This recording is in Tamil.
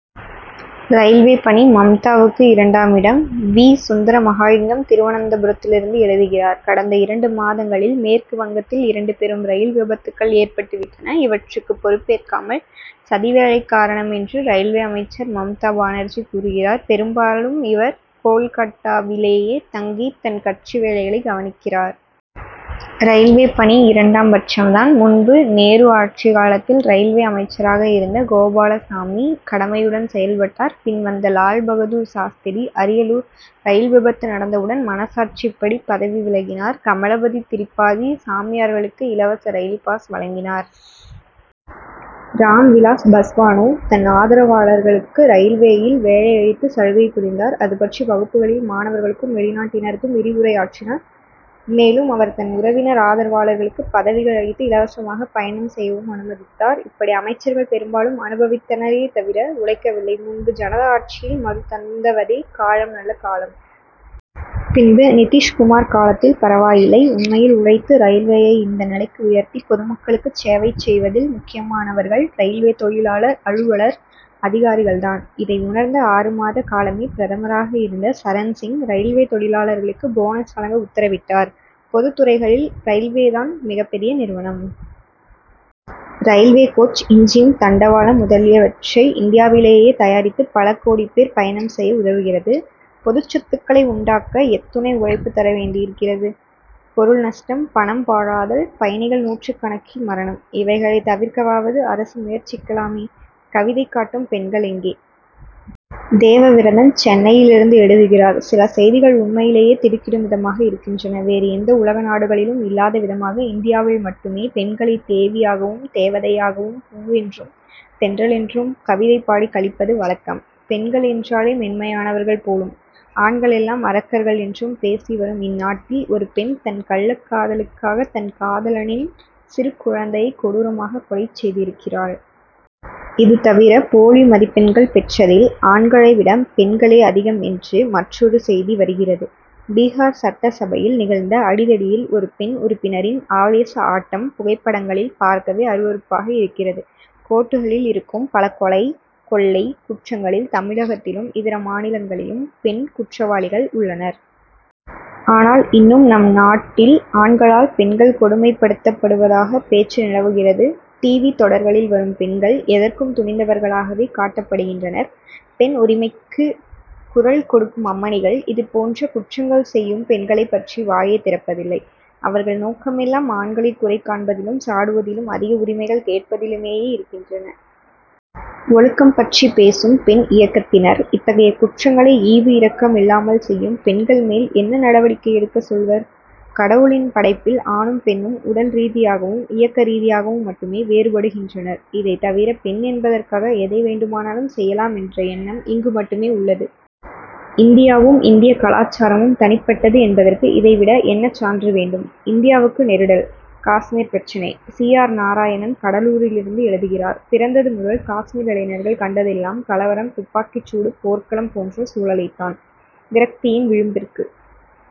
ரயில்வே பணி மம்தாவுக்குஇரண்டாமிடம்! வீ. சுந்தர மகாலிங்கம், திருவனந்தபுரத்திலிருந்து எழுதுகிறார்: கடந்த இரண்டு மாதங்களில், மேற்கு வங்கத்தில் இரண்டு பெரும் ரயில் விபத்துகள் ஏற்பட்டு விட்டன. இவற்றுக்குப் பொறுப்பேற்காமல், "சதி வேலை காரணம்' என்று, ரயில்வே அமைச்சர் மம்தா பானர்ஜி கூறுகிறார். பெரும்பாலும் இவர் கோல்கட்டாவிலேயே தங்கி, தன் கட்சி வேலைகளைக் கவனிக்கிறார். ரயில்வே பணி இரண்டாம் பட்சம் தான். முன்பு, நேரு ஆட்சி காலத்தில் ரயில்வே அமைச்சராக இருந்த கோபாலசாமி, கடமையுடன் செயல்பட்டார். பின் வந்த லால்பகதூர் சாஸ்திரி, அரியலூர் ரயில் விபத்து நடந்தவுடன், மனசாட்சிப்படி பதவி விலகினார். கமலபதி திரிபாதி, சாமியார்களுக்கு இலவச ரயில் பாஸ் வழங்கினார். ராம்விலாஸ் பஸ்வானோ, தன் ஆதரவாளர்களுக்கு ரயில்வேயில் வேலை அளித்து சலுகை புரிந்தார். அதுபற்றி வகுப்புகளில், மாணவர்களுக்கும், வெளிநாட்டினருக்கும் விரிவுரையாற்றினார். மேலும், அவர் தன் உறவினர், ஆதரவாளர்களுக்குப் பதவிகள் அளித்து, இலவசமாகப் பயணம் செய்யவும் அனுமதித்தார். இப்படி அமைச்சர்கள் பெரும்பாலும் அனுபவித்தனரே தவிர உழைக்கவில்லை. முன்பு ஜனதா ஆட்சியில், மது தந்தவதே காலம் நல்ல காலம். பின்பு, நிதிஷ்குமார் காலத்தில் பரவாயில்லை. உண்மையில் உழைத்து, ரயில்வேயை இந்த நிலைக்கு உயர்த்தி, பொதுமக்களுக்கு சேவை செய்வதில் முக்கியமானவர்கள், ரயில்வே தொழிலாளர், அலுவலர், அதிகாரிகள் தான். இதை உணர்ந்த, ஆறு மாத காலமே பிரதமராக இருந்த சரண்சிங், ரயில்வே தொழிலாளர்களுக்கு போனஸ் வழங்க உத்தரவிட்டார். பொதுத் துறைகளில், ரயில்வே தான் மிகப்பெரிய நிறுவனம். ரயில்வே கோச், இன்ஜின், தண்டவாளம் முதலியவற்றை இந்தியாவிலேயே தயாரித்து, பல கோடிப் பேர் பயணம் செய்ய உதவுகிறது. பொதுச் சொத்துக்களை உண்டாக்க எத்துணை உழைப்பு தர வேண்டியிருக்கிறது! பொருள் நஷ்டம், பணம் பாழாதல், பயணிகள் நூற்றுக்கணக்கில் மரணம். இவைகளைத் தவிர்க்கவாவது அரசு முயற்சிக்கலாமே! கவிதை காட்டும் பெண்கள் எங்கே? தேவவிரதன், சென்னையிலிருந்து எழுதுகிறார்: சில செய்திகள் உண்மையிலேயே திடுக்கிடும் விதமாக இருக்கின்றன. வேறு எந்த உலக நாடுகளிலும் இல்லாத விதமாக, இந்தியாவில் மட்டுமே, பெண்களை தேவியாகவும், தேவதையாகவும், பூவென்றும், தென்றல் என்றும் கவிதை பாடிக் களிப்பது வழக்கம். பெண்கள் என்றாலே, மென்மையானவர்கள் போலும், ஆண்கள் எல்லாம் அரக்கர்கள் என்றும் பேசி வரும் இந்நாட்டில், ஒரு பெண் தன் கள்ளக் காதலுக்காக, தன் காதலனின் சிறு குழந்தையை கொடூரமாகக் கொலை செய்திருக்கிறாள். இது தவிர, போலி மதிப்பெண்கள் பெற்றதில், ஆண்களை விட, பெண்களே அதிகம் என்று மற்றொரு செய்தி வருகிறது. பீகார் சட்டசபையில் நிகழ்ந்த அடிதடியில், ஒரு பெண் உறுப்பினரின் ஆவேச ஆட்டம், புகைப்படங்களில் பார்க்கவே அருவருப்பாக இருக்கிறது. கோர்ட்டுகளில் இருக்கும் பல கொலை, கொள்ளை குற்றங்களில், தமிழகத்திலும், இதர மாநிலங்களிலும், பெண் குற்றவாளிகள் உள்ளனர். ஆனால், இன்னும் நம் நாட்டில், ஆண்களால், பெண்கள் கொடுமைப் படுத்தப்படுவதாக பேச்சு நிலவுகிறது. "டிவி' தொடர்களில் வரும் பெண்கள், எதற்கும் துணிந்தவர்களாகவே காட்டப்படுகின்றனர். பெண் உரிமைக்குக் குரல் கொடுக்கும் அம்மணிகள், இது போன்ற குற்றங்கள் செய்யும் பெண்களைப் பற்றி வாயே திறப்பதில்லை. அவர்கள் நோக்கம் எல்லாம், ஆண்களை குறை காண்பதிலும், சாடுவதிலும், அதிக உரிமைகள் கேட்பதிலுமே இருக்கின்றன. ஒழுக்கம் பற்றிப் பேசும் பெண் இயக்கத்தினர், இத்தகைய குற்றங்களை ஈவு இரக்கம் இல்லாமல் செய்யும் பெண்கள் மேல் என்ன நடவடிக்கை எடுக்க சொல்வர்? கடவுளின் படைப்பில் ஆணும், பெண்ணும், உடல் ரீதியாகவும், இயக்க ரீதியாகவும் மட்டுமே வேறுபடுகின்றனர். இதை தவிர, பெண் என்பதற்காக எதை வேண்டுமானாலும் செய்யலாம் என்ற எண்ணம் இங்கு மட்டுமே உள்ளது. இந்தியாவும், இந்திய கலாசாரமும் தனிப்பட்டது என்பதற்கு, இதை விட என்ன சான்று வேண்டும்? இந்தியாவுக்கு நெருடல் காஷ்மீர் பிரச்னை: சி. ஆர். நாராயணன், கடலூரிலிருந்து எழுதுகிறார்: பிறந்தது முதல் காஷ்மீர் இளைஞர்கள் கண்டதெல்லாம், கலவரம், துப்பாக்கிச் சூடு, போர்க்களம் போன்ற சூழலைத் தான். விரக்தியின் விளிம்பிற்கு